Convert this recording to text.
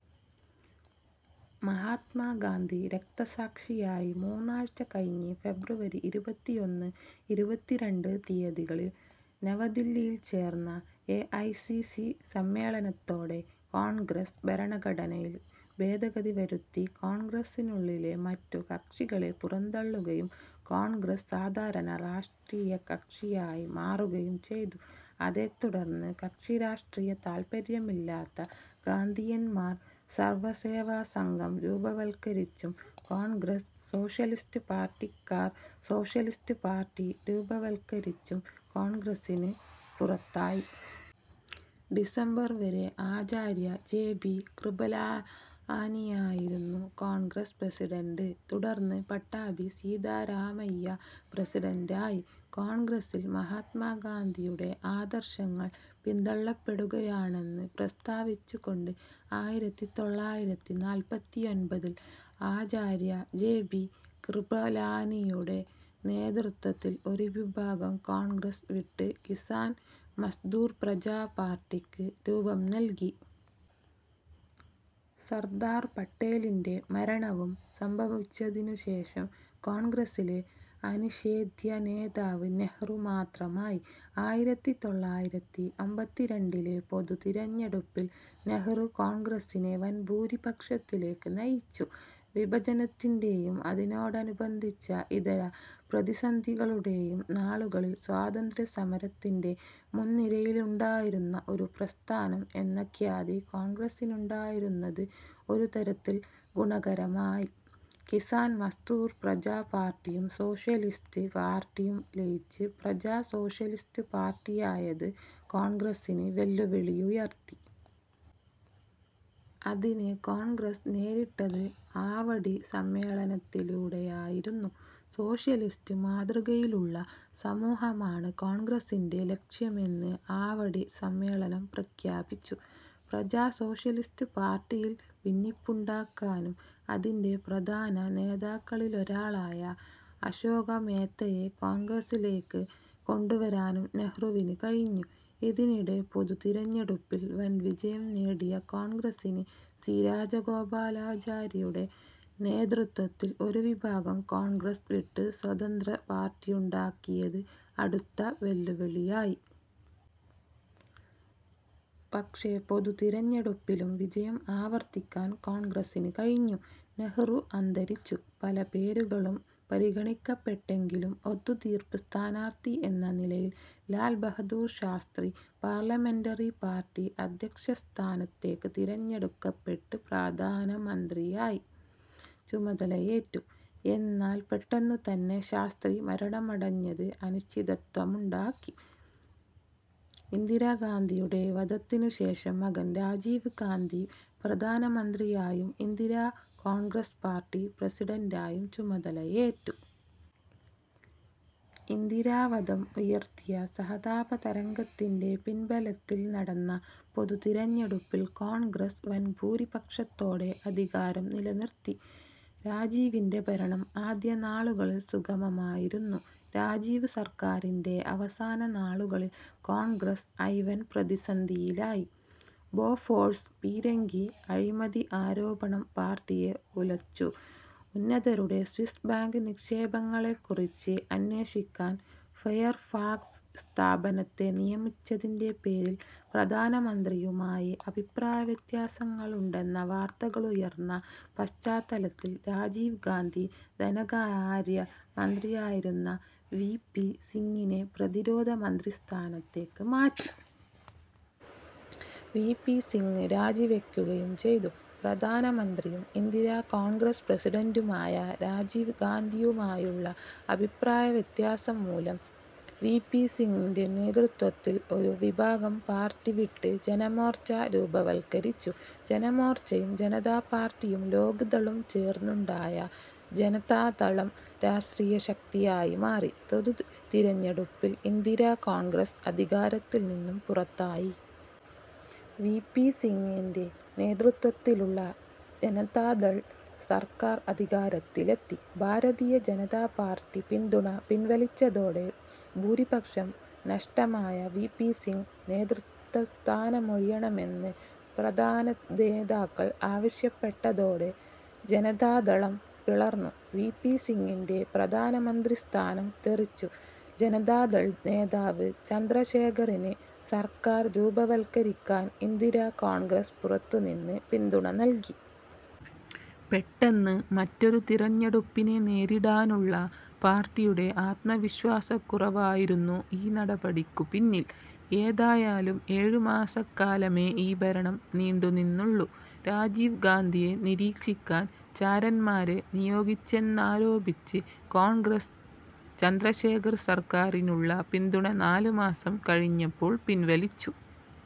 മഹാത്മാ ഗാന്ധി രക്തസാക്ഷിയായി മൂന്നാഴ്ച കഴിഞ്ഞ് ഫെബ്രുവരി ഇരുപത്തിയൊന്ന്, ഇരുപത്തിരണ്ട് തീയതികളിൽ നവദില്ലിയിൽ ചേർന്ന എ ഐ സി സി സമ്മേളനത്തോടെ കോൺഗ്രസ് ഭരണഘടനയിൽ ഭേദഗതി വരുത്തി കോൺഗ്രസിനുള്ളിലെ മറ്റു കക്ഷികളെ പുറന്തള്ളുകയും കോൺഗ്രസ് സാധാരണ രാഷ്ട്രീയ കക്ഷിയായി മാറുകയും ചെയ്തു. അതേത്തുടർന്ന് കക്ഷിരാഷ്ട്രീയ താൽപര്യമില്ലാത്ത ഗാന്ധിയന്മാർ സർവ സേവാ സംഘം രൂപവൽക്കരിച്ചും കോൺഗ്രസ് സോഷ്യലിസ്റ്റ് പാർട്ടിക്കാർ സോഷ്യലിസ്റ്റ് പാർട്ടി രൂപവൽക്കരിച്ചും കോൺഗ്രസിന് പുറത്തായി. ഡിസംബർ വരെ ആചാര്യ ജെ ബി കൃപലാനിയായിരുന്നു കോൺഗ്രസ് പ്രസിഡന്റ്. തുടർന്ന് പട്ടാഭി സീതാരാമയ്യ പ്രസിഡന്റായി. കോൺഗ്രസിൽ മഹാത്മാഗാന്ധിയുടെ ആദർശങ്ങൾ പിന്തള്ളപ്പെടുകയാണെന്ന് പ്രസ്താവിച്ചുകൊണ്ട് ആയിരത്തി തൊള്ളായിരത്തി നാല്പത്തിയൊൻപതിൽ ആചാര്യ ജെ ബി കൃപലാനിയുടെ നേതൃത്വത്തിൽ ഒരുവിഭാഗം കോൺഗ്രസ് വിട്ട് കിസാൻ മസ്ദൂർ പ്രജാ പാർട്ടിക്ക് രൂപം നൽകി. സർദാർ പട്ടേലിൻ്റെ മരണവും സംഭവിച്ചതിനുശേഷം കോൺഗ്രസിലെ അനിഷേധ്യ നേതാവ് നെഹ്രു മാത്രമായി. ആയിരത്തി തൊള്ളായിരത്തി അമ്പത്തിരണ്ടിലെ പൊതു തിരഞ്ഞെടുപ്പിൽ നെഹ്രു കോൺഗ്രസിനെ വൻഭൂരിപക്ഷത്തിലേക്ക് നയിച്ചു. വിഭജനത്തിൻ്റെ യും അതിനോടനുബന്ധിച്ച ഇതര പ്രതിസന്ധികളുടെയും നാളുകളിൽ സ്വാതന്ത്ര്യസമരത്തിൻ്റെ മുൻനിരയിലുണ്ടായിരുന്ന ഒരു പ്രസ്ഥാനം എന്ന ഖ്യാതി കോൺഗ്രസിനുണ്ടായിരുന്നത് ഒരുതരത്തിൽ ഗുണകരമായി. കിസാൻ മസ്ദൂർ പ്രജാ പാർട്ടിയും സോഷ്യലിസ്റ്റ് പാർട്ടിയും ലയിച്ച് പ്രജാ സോഷ്യലിസ്റ്റ് പാർട്ടിയായത് കോൺഗ്രസിന് വെല്ലുവിളിയുയർത്തി. അതിനെ കോൺഗ്രസ് നേരിട്ടത് ആവടി സമ്മേളനത്തിലൂടെയായിരുന്നു. സോഷ്യലിസ്റ്റ് മാതൃകയിലുള്ള സമൂഹമാണ് കോൺഗ്രസിൻ്റെ ലക്ഷ്യമെന്ന് ആവടി സമ്മേളനം പ്രഖ്യാപിച്ചു. പ്രജാ സോഷ്യലിസ്റ്റ് പാർട്ടിയിൽ ഭിന്നിപ്പുണ്ടാക്കാനും അതിൻ്റെ പ്രധാന നേതാക്കളിലൊരാളായ അശോക മേത്തയെ കോൺഗ്രസിലേക്ക് കൊണ്ടുവരാനും നെഹ്രുവിന് കഴിഞ്ഞു. ഇതിനിടെ പൊതു തിരഞ്ഞെടുപ്പിൽ വൻവിജയം നേടിയ കോൺഗ്രസിന് സി രാജഗോപാലാചാരിയുടെ നേതൃത്വത്തിൽ ഒരു വിഭാഗം കോൺഗ്രസ് വിട്ട് സ്വതന്ത്ര പാർട്ടിയുണ്ടാക്കിയത് അടുത്ത വെല്ലുവിളിയായി. പക്ഷേ, പൊതു തിരഞ്ഞെടുപ്പിലും വിജയം ആവർത്തിക്കാൻ കോൺഗ്രസിന് കഴിഞ്ഞു. നെഹ്രു അന്തരിച്ചു. പല പേരുകളും പരിഗണിക്കപ്പെട്ടെങ്കിലും ഒത്തുതീർപ്പ് സ്ഥാനാർഥി എന്ന നിലയിൽ ലാൽ ബഹാദൂർ ശാസ്ത്രി പാർലമെന്ററി പാർട്ടി അധ്യക്ഷസ്ഥാനത്തേക്ക് തിരഞ്ഞെടുക്കപ്പെട്ട് പ്രാധാനമന്ത്രിയായി ചുമതലയേറ്റു. എന്നാൽ പെട്ടെന്നുതന്നെ ശാസ്ത്രി മരണമടഞ്ഞത് അനിശ്ചിതത്വമുണ്ടാക്കി. ഇന്ദിരാ ഗാന്ധിയുടെ വധത്തിനുശേഷം മകൻ രാജീവ് ഗാന്ധി പ്രധാനമന്ത്രിയായും ഇന്ദിരാ കോൺഗ്രസ് പാർട്ടി പ്രസിഡന്റായും ചുമതലയേറ്റു. ഇന്ദിരാ വധം ഉയർത്തിയ സഹതാപതരംഗത്തിൻ്റെ പിൻബലത്തിൽ നടന്ന പൊതു തിരഞ്ഞെടുപ്പിൽ കോൺഗ്രസ് വൻഭൂരിപക്ഷത്തോടെ അധികാരം നിലനിർത്തി. രാജീവിൻ്റെ ഭരണം ആദ്യ നാളുകളിൽ സുഗമമായിരുന്നു. രാജീവ് സർക്കാരിൻ്റെ അവസാന നാളുകളിൽ കോൺഗ്രസ് ഐ വൻ പ്രതിസന്ധിയിലായി. ബോഫോഴ്സ് പീരങ്കി അഴിമതി ആരോപണം പാർട്ടിയെ ഉലച്ചു. ഉന്നതരുടെ സ്വിസ് ബാങ്ക് നിക്ഷേപങ്ങളെക്കുറിച്ച് അന്വേഷിക്കാൻ ഫെയർഫാക്സ് സ്ഥാപനത്തെ നിയമിച്ചതിൻ്റെ പേരിൽ പ്രധാനമന്ത്രിയുമായി അഭിപ്രായവ്യത്യാസങ്ങളുണ്ടെന്ന വാർത്തകളുയർന്ന പശ്ചാത്തലത്തിൽ രാജീവ് ഗാന്ധി ധനകാര്യ മന്ത്രിയായിരുന്ന വി പി സിംഗിനെ പ്രതിരോധ മന്ത്രിസ്ഥാനത്തേക്ക് മാറ്റി. വി പി സിംഗ് രാജിവയ്ക്കുകയും ചെയ്തു. പ്രധാനമന്ത്രിയും ഇന്ദിരാ കോൺഗ്രസ് പ്രസിഡന്റുമായ രാജീവ് ഗാന്ധിയുമായുള്ള അഭിപ്രായവ്യത്യാസം മൂലം വി പി സിംഗിൻ്റെ നേതൃത്വത്തിൽ ഒരു വിഭാഗം പാർട്ടി വിട്ട് ജനമോർച്ച രൂപവൽക്കരിച്ചു. ജനമോർച്ചയും ജനതാ പാർട്ടിയും ലോക് ദളും ചേർന്നുണ്ടായ ജനതാദളം രാഷ്ട്രീയശക്തിയായി മാറി. പൊതു തിരഞ്ഞെടുപ്പിൽ ഇന്ദിരാ കോൺഗ്രസ് അധികാരത്തിൽനിന്നും പുറത്തായി. വി പി സിംഗിൻ്റെ നേതൃത്വത്തിലുള്ള ജനതാദൾ സർക്കാർ അധികാരത്തിലെത്തി. ഭാരതീയ ജനതാ പാർട്ടി പിന്തുണ പിൻവലിച്ചതോടെ ഭൂരിപക്ഷം നഷ്ടമായ വി പി സിംഗ് നേതൃസ്ഥാനമൊഴിയണമെന്ന് പ്രധാനനേതാക്കൾ ആവശ്യപ്പെട്ടതോടെ ജനതാദളം പിളർന്നു. വി പി സിംഗിൻ്റെ പ്രധാനമന്ത്രിസ്ഥാനം തെറിച്ചു. ജനതാദൾ നേതാവ് ചന്ദ്രശേഖറിന് സർക്കാർ രൂപവത്കരിക്കാൻ ഇന്ദിരാ കോൺഗ്രസ് പുറത്തുനിന്ന് പിന്തുണ നൽകി. പെട്ടെന്ന് മറ്റൊരു തിരഞ്ഞെടുപ്പിനെ നേരിടാനുള്ള പാർട്ടിയുടെ ആത്മവിശ്വാസക്കുറവായിരുന്നു ഈ നടപടിക്കു പിന്നിൽ. ഏതായാലും ഏഴുമാസക്കാലമേ ഈ ഭരണം നീണ്ടുനിന്നുള്ളൂ. രാജീവ് ഗാന്ധിയെ നിരീക്ഷിക്കാൻ ചാരന്മാരെ നിയോഗിച്ചെന്നാരോപിച്ച് കോൺഗ്രസ് ചന്ദ്രശേഖർ സർക്കാരിനുള്ള പിന്തുണ നാലുമാസം കഴിഞ്ഞപ്പോൾ പിൻവലിച്ചു.